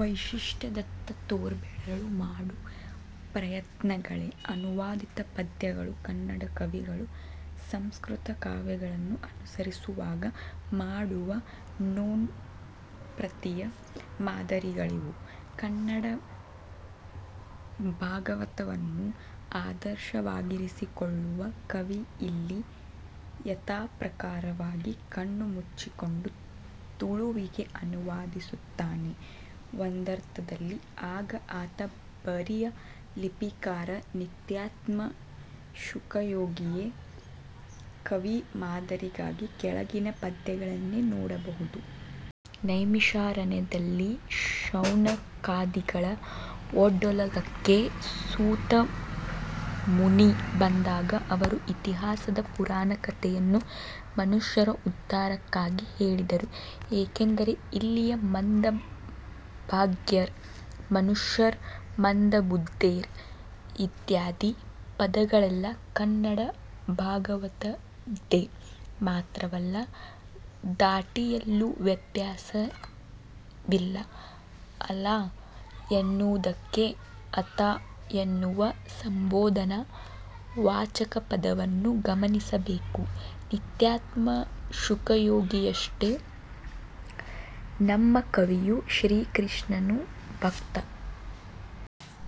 ವೈಶಿಷ್ಟ್ಯದತ್ತ ತೋರ್ಬೆರಳು ಮಾಡು ಪ್ರಯತ್ನಗಳೇ. ಅನುವಾದಿತ ಪದ್ಯಗಳು ಕನ್ನಡ ಕವಿಗಳು ಸಂಸ್ಕೃತ ಕಾವ್ಯಗಳನ್ನು ಅನುಸರಿಸುವಾಗ ಮಾಡುವ 'ನೊಣಪ್ರತಿಯ' ಮಾದಿರಗಳಿವು. ಕನ್ನಡ ಭಾಗವತವನ್ನು ಆದರ್ಶವಾಗಿರಿಸಿಕೊಳ್ಳುವ ಕವಿ ಇಲ್ಲಿ ಯಥಾಪ್ರಕಾರವಾಗಿ ಕಣ್ಣು ಮುಚ್ಚಿಕೊಂಡು ತುಳುವಿಗೆ ಅನುವಾದಿಸುತ್ತಾನೆ. ಒಂದರ್ಥದಲ್ಲಿ ಆಗ ಆತ ಬರಿಯ 'ಲಿಪಿಕಾರ' 'ನಿತ್ಯಾತ್ಮ ಶುಕಯೋಗಿಯೇ' ಕವಿ ಮಾದರಿಗಾಗಿ ಕೆಳಗಿನ ಪದ್ಯಗಳನ್ನೇ ನೋಡಬಹುದು. ನೈಮಿಷಾರಣ್ಯದಲ್ಲಿ ಶೌನಕಾದಿಗಳ ಒಡ್ಡೋಲಗಕ್ಕೆ ಸೂತ ಮುನಿ ಬಂದಾಗ ಅವರು ಇತಿಹಾಸದ ಪುರಾಣ ಕಥೆಯನ್ನು ಮನುಷ್ಯರ ಉದ್ದಾರಕ್ಕಾಗಿ ಹೇಳಿದರು ಏಕೆಂದರೆ ಇಲ್ಲಿಯ 'ಮಂದಭಾಗ್ಯೆರ್' ಮನುಷ್ಯೆರ್ ಮಂದಬುದ್ಧೆರ್ ಇತ್ಯಾದಿ ಪದಗಳೆಲ್ಲ ಕನ್ನಡ ಭಾಗವತದ್ದೇ. ಮಾತ್ರವಲ್ಲ. ಧಾಟಿಯಲ್ಲೂ ವ್ಯತ್ಯಾಸವಿಲ್ಲ. 'ಅಲಾ' ಎನ್ನುವುದಕ್ಕೆ'ಅತಾ ಎನ್ನುವ ಸಂಭೋದನಾ ವಾಚಕಪದವನ್ನು ಗಮನಿಸಬೇಕು. ನಿತ್ಯಾತ್ಮ ಶುಕಯೋಗಿಯಷ್ಟೆ ನಮ್ಮ ಕವಿಯು ಶ್ರೀ ಕೃಷ್ಣನು ಭಕ್ತ.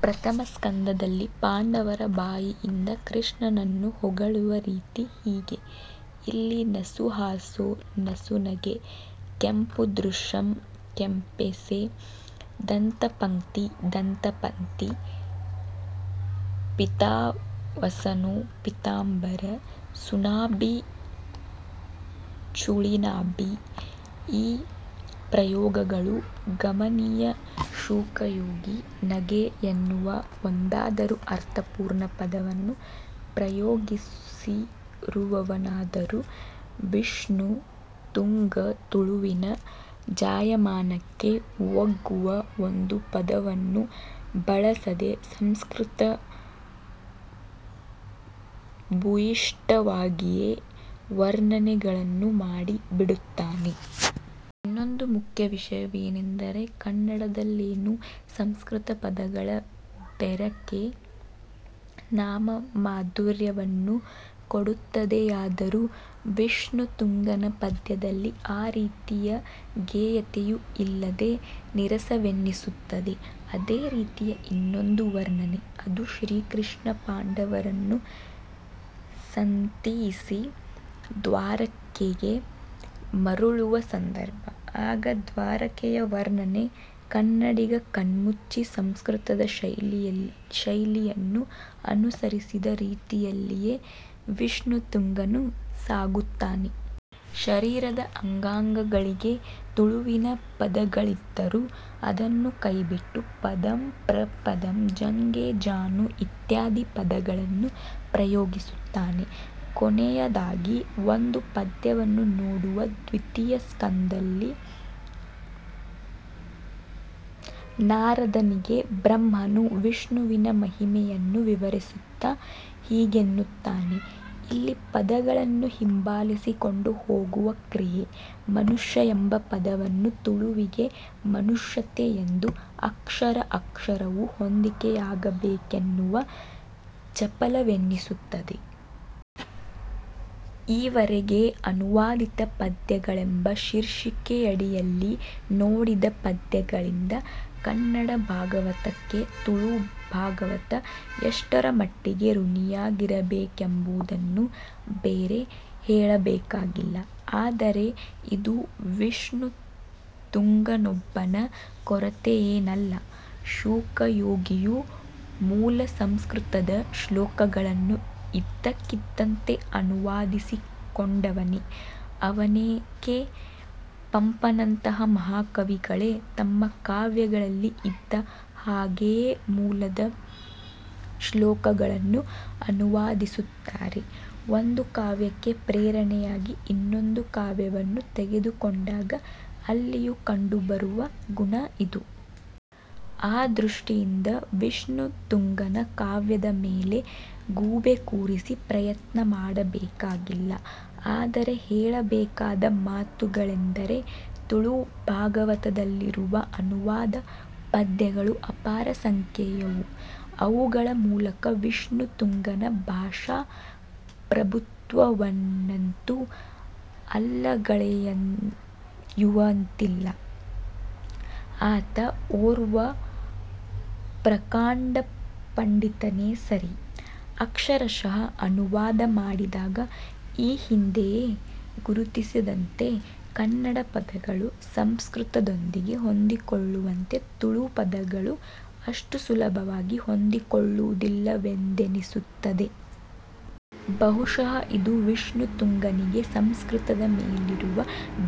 ಪ್ರಥಮ ಸ್ಕಂಧದಲ್ಲಿ ಪಾಂಡವರ ಬಾಯಿಯಿಂದ ಕೃಷ್ಣನನ್ನು ಹೊಗಳುವ ರೀತಿ ಹೀಗೆ: ಇಲ್ಲಿ ನಸುಹಾಸೊ ನಸುನಗೆ, ಕೆಂಪು ದೃಶಂ ಕೆಂಪೆಸೆ, ದಂತಪಂಕ್ತಿ ದಂತ ಪಂಥೀ, ಪೀತಾವಸನೊ ಪೀತಾಂಬರ, ಸುನಾಭಿ ಚುಳಿನಾಭಿ ಈ ಪ್ರಯೋಗಗಳು ಗಮನೀಯ ಶುಕಯೋಗಿ ನಗೆ ಎನ್ನುವ ಒಂದಾದರೂ ಅರ್ಥಪೂರ್ಣ ಪದವನ್ನು ಪ್ರಯೋಗಿಸಿರುವವನಾದರೂ ವಿಷ್ಣು ತುಂಗ ತುಳುವಿನ ಜಾಯಮಾನಕ್ಕೆ ಒಗ್ಗುವ ಒಂದು ಪದವನ್ನೂ ಬಳಸದೆ ಸಂಸ್ಕೃತ ಭೂಯಿಷ್ಠವಾಗಿಯೇ ವರ್ಣನೆಗಳನ್ನು ಮಾಡಿ ಬಿಡುತ್ತಾನೆ. ಇನ್ನೊಂದು ಮುಖ್ಯ ವಿಷಯವೆನೆಂದರೆ ಕನ್ನಡದಲ್ಲೇನೂ ಸಂಸ್ಕೃತ ಪದಗಳ ಬೆರಕೆ ನಾದಮಾಧುರ್ಯವನ್ನು ಕೊಡುತ್ತದೆಯಾದರೂ ವಿಷ್ಣುತುಂಗನ ಪದ್ಯದಲ್ಲಿ ಆ ರೀತಿಯ ಗೇಯತೆಯೂ ಇಲ್ಲದೆ ನೀರಸವೆನಿಸುತ್ತದೆ. ಇದೇ ರೀತಿಯ ಇನ್ನೊಂದು ವರ್ಣನೆ, ಅದು ಶ್ರೀ ಕೃಷ್ಣ ಪಾಂಡವರನ್ನು ಸಂತಿಯಿಸಿ ದ್ವಾರಕೆಗೆ ಮರುಳುವ ಸಂದರ್ಭ. ಆಗ ದ್ವಾರಕೆಯ ವರ್ಣನೆ ಕನ್ನಡಿಗ ಕಣ್ಮುಚ್ಚಿ ಸಂಸ್ಕೃತದ ಶೈಲಿಯನ್ನು ಅನುಸರಿಸಿದ ರೀತಿಯಲ್ಲಿಯೇ ವಿಷ್ಣುತುಂಗನೂ ಸಾಗುತ್ತಾನೆ. ಶರೀರದ ಅಂಗಾಂಗಗಳಿಗೆ ತುಳುವಿನ ಪದಗಳಿದ್ದರೂ ಅದನ್ನು ಕೈಬಿಟ್ಟು ಪದಂ, ಪ್ರಪದಂ, ಜಂಘೆ, ಜಾನು ಇತ್ಯಾದಿ ಪದಗಳನ್ನು ಪ್ರಯೋಗಿಸುತ್ತಾನೆ. ಕೊನೆಯದಾಗಿ ಒಂದು ಪದ್ಯವನ್ನು ನೋಡುವ ದ್ವಿತೀಯ ಸ್ಕಂಧಲ್ಲಿ ನಾರದನಿಗೆ ಬ್ರಹ್ಮನು ವಿಷ್ಣುವಿನ ಮಹಿಮೆಯನ್ನು ವಿವರಿಸುತ್ತಾ ಹೀಗೆನ್ನುತ್ತಾನೆ. ಇಲ್ಲಿ ಪದಗಳನ್ನು ಹಿಂಬಾಲಿಸಿಕೊಂಡು ಹೋಗುವ ಕ್ರಿಯೆ, 'ಮಾನುಷ್ಯ ಎಂಬ ಪದವನ್ನು ತುಳುವಿಗೆ 'ಮನುಷ್ಯತೆ' ಎಂದು, ಅಕ್ಷರ ಅಕ್ಷರವೂ ಹೊಂದಿಕೆಯಾಗಬೇಕೆನ್ನುವ ಚಪಲವೆನಿಸುತ್ತದೆ. ಈವರೆಗೆ ಅನುವಾದಿತ ಪದ್ಯಗಳೆಂಬ ಶೀರ್ಷಿಕೆಯಡಿಯಲ್ಲಿ ನೋಡಿದ ಪದ್ಯಗಳಿಂದ 'ಕನ್ನಡ ಭಾಗವತಕ್ಕೆ' ತುಳು ಭಾಗವತ' ಎಷ್ಟರಮಟ್ಟಿಗೆ ಋಣಿಯಾಗಿರಬೇಕೆಂಬುದನ್ನು ಬೇರೆ ಹೇಳಬೇಕಾಗಿಲ್ಲ. ಆದರೆ ಇದು ವಿಷ್ಣುತುಂಗನೊಬ್ಬನ ಕೊರತೆಯೇನಲ್ಲ. ಶುಕಯೋಗಿಯೂ ಮೂಲಸಂಸ್ಕೃತದ ಶ್ಲೋಕಗಳನ್ನು ಇದ್ದಕ್ಕಿದ್ದಂತೆ ಅನುವಾದಿಸಿಕೊಂಡವನೇ ಅವನೇಕೆ ಪಂಪನಂತಹ ಮಹಾಕವಿಗಳೇ ತಮ್ಮಕಾವ್ಯಗಳಲ್ಲಿ ಇದ್ದ ಹಾಗೆಯೇ ಮೂಲದ ಶ್ಲೋಕಗಳನ್ನು ಅನುವಾದಿಸುತ್ತಾರೆ. ಒಂದು ಕಾವ್ಯಕ್ಕೆ ಪ್ರೇರಣೆಯಾಗಿ ಇನ್ನೊಂದು ಕಾವ್ಯವನ್ನು ತೆಗೆದುಕೊಂಡಾಗ ಅಲ್ಲಿಯೂ ಕಂಡುಬರುವ ಗುಣ ಇದು. ಆ ದೃಷ್ಟಿಯಿಂದ ವಿಷ್ಣುತುಂಗನ ಕಾವ್ಯದ ಮೇಲೆ ಗೂಬೆ ಕೂರಿಸು ಪ್ರಯತ್ನ ಮಾಡಬೇಕಾಗಿಲ್ಲ. ಆದರೆ ಹೇಳಬೇಕಾದ ಮಾತುಗಳೆಂದರೆ ತುಳು ಭಾಗವತದಲ್ಲಿರುವ ಅನುವಾದಿತ ಪದ್ಯಗಳು ಅಪಾರ ಸಂಖ್ಯೆಯವು. ಅವುಗಳ ಮೂಲಕ ವಿಷ್ಣುತುಂಗನ ಭಾಷಾ ಪ್ರಭುತ್ವವನ್ನಂತೂ ಅಲ್ಲಗಳೆಯುವಂತಿಲ್ಲ. ಆತ ಓರ್ವ ಪ್ರಕಾಂಡ ಪಂಡಿತನೇ ಸರಿ. ಅಕ್ಷರಶಃ ಅನುವಾದ ಮಾಡಿದಾಗ ಈ ಹಿಂದೆಯೇ ಗುರುತಿಸಿದಂತೆ, ಕನ್ನಡ ಪದಗಳು ಸಂಸ್ಕೃತದೊಂದಿಗೆ ಹೊಂದಿಕೊಳ್ಳುವಂತೆ ತುಳು ಪದಗಳು ಅಷ್ಟು ಸುಲಭವಾಗಿ ಹೊಂದಿಕೊಳ್ಳುವುದಿಲ್ಲವೆಂದೆನಿಸುತ್ತದೆ. ಬಹುಶಃ ಇದು ವಿಷ್ಣು ತುಂಗನಿಗೆ ಸಂಸ್ಕೃತದ ಮೇಲಿರುವ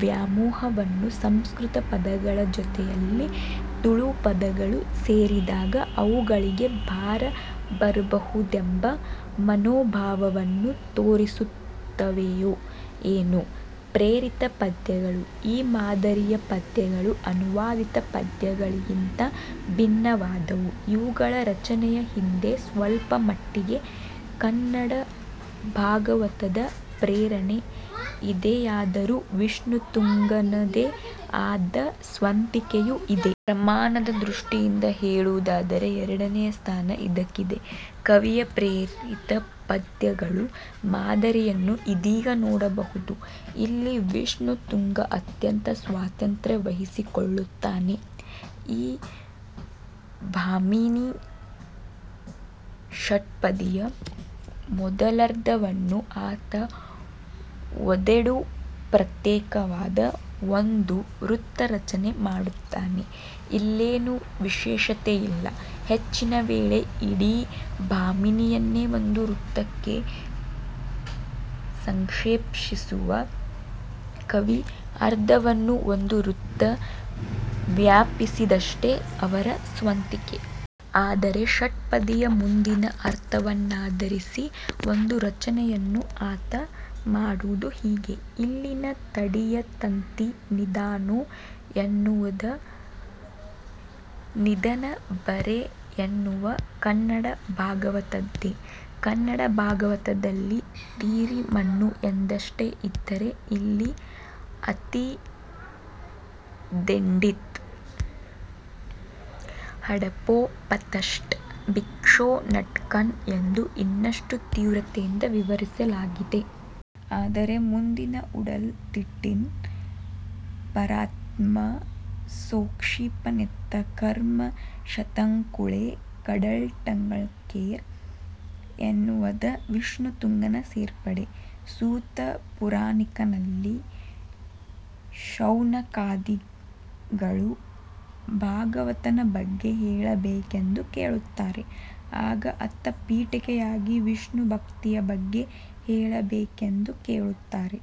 ವ್ಯಾಮೋಹವನ್ನು ಸಂಸ್ಕೃತ ಪದಗಳ ಜತೆಯಲ್ಲಿ ತುಳು ಪದಗಳು ಸೇರಿದಾಗ ಅವುಗಳಿಗೆ ಭಾರ ಬರಬಹುದೆಂಬ ಮನೋಭಾವವನ್ನೂ ತೋರಿಸುತ್ತವೆಯೋ ಏನೋ. ಪ್ರೇರಿತ ಪದ್ಯಗಳು: ಈ ಮಾದಿರಿಯ ಪದ್ಯಗಳು ಅನುವಾದಿತ ಪದ್ಯಗಳಿಗಿಂತ ಭಿನ್ನವಾದವು. ಇವುಗಳ ರಚನೆಯ ಹಿಂದೆ ಸ್ವಲ್ಪಮಟ್ಟಿಗೆ ಕನ್ನಡ ಭಾಗವತದ ಪ್ರೇರಣೆ ಇದೆಯಾದರೂ ವಿಷ್ಣುತುಂಗನದೇ ಆದ ಸ್ವಂತಿಕೆಯೂ ಇದೆ. ಪ್ರಮಾಣದ ದೃಷ್ಟಿಯಿಂದ ಹೇಳುವುದಾದರೆ ಎರಡನೆಯ ಸ್ಥಾನ ಇದಕ್ಕಿದೆ. ಕವಿಯ ಪ್ರೇರಿತ ಪದ್ಯಗಳು ಮಾದರಿಯನ್ನು ಇದೀಗ ನೋಡಬಹುದು. ಇಲ್ಲಿ ವಿಷ್ಣುತುಂಗ ಅತ್ಯಂತ ಸ್ವಾತಂತ್ರ್ಯ ವಹಿಸಿಕೊಳ್ಳುತ್ತಾನೆ. ಈ ಭಾಮಿನೀ ಷಟ್ಪದಿಯ ಮೊದಲರ್ಧವನ್ನು ಆತ ಒಡೆದು ಪ್ರತ್ಯೇಕವಾದ ಒಂದು ವೃತ್ತರಚನೆ ಮಾಡುತ್ತಾನೆ. ಇಲ್ಲೇನು ವಿಶೇಷತೆಯಿಲ್ಲ. ಹೆಚ್ಚಿನ ವೇಳೆ ಇಡೀ ಭಾಮಿನಿಯನ್ನೇ ಒಂದು ವೃತ್ತಕ್ಕೆ ಸಂಕ್ಷೇಪಿಸುವ ಕವಿ, ಅರ್ಧವನ್ನು ಒಂದು ವೃತ್ತ ವ್ಯಾಪಿಸಿದಷ್ಟೇ ಅವರ ಸ್ವಂತಿಕೆ. ಆದರೆ ಷಟ್ಪದಿಯ ಮುಂದಿನ ಅರ್ಥವನ್ನಾಧರಿಸಿ ಒಂದು ರಚನೆಯನ್ನು ಆತ ಮಾಡುವುದು ಹೀಗೆ: ಇಲ್ಲಿನ ತಡಿಯ ತಂತಿ ನಿಧಾನೊ ಎನ್ನುವುದ ನಿಧನ ಬರೆ ಎನ್ನುವ ಕನ್ನಡ ಭಾಗವತದ್ದೇ. ಕನ್ನಡ ಭಾಗವತದಲ್ಲಿ ತಿರಿಮಣ್ಣು ಎಂದಷ್ಟೇ ಇದ್ದರೆ ಇಲ್ಲಿ ಅತಿದೆಂಡಿತ್ ಹಡಪೊ ಪತ್ತ್ ಸ್ಟ್ 'ಭೈಕ್ಷೊ ನಟ್ಟ್ ಕಣ' ಎಂದು ಇನ್ನಷ್ಟು ತೀವ್ರತೆಯಿಂದು ವಿವರಿಸಲಾಗಿದೆ. ಆದರೆ ಮುಂದಿನ 'ಉಡಲ್ ಟಿತ್ತಿನ ಪರಾತ್ಮ ಸೂಕ್ಷಿಪನೆತ್ತ್ ಕರ್ಮ ಶತಂಕುಳೇ ಕಡಲ್ಟಂಳ್ಗ್ ಕೆರ್' ಎನ್ನುವುದ ವಿಷ್ಣುತುಂಗನ ಸೇರ್ಪಡೆ. ಸೂತ ಪುರಾಣಿಕನಲ್ಲಿ ಶೌನಕಾದಿಗಳು ಭಾಗವತನ ಬಗ್ಗೆ ಹೇಳಬೇಕೆಂದು ಕೇಳುತ್ತಾರೆ. ಆಗ ಅತ ಪೀಠಿಕೆಯಾಗಿ ವಿಷ್ಣುಭಕ್ತಿಯ ಬಗ್ಗೆ ಹೇಳಬೇಕೆಂದು ಕೇಳುತ್ತಾರೆ.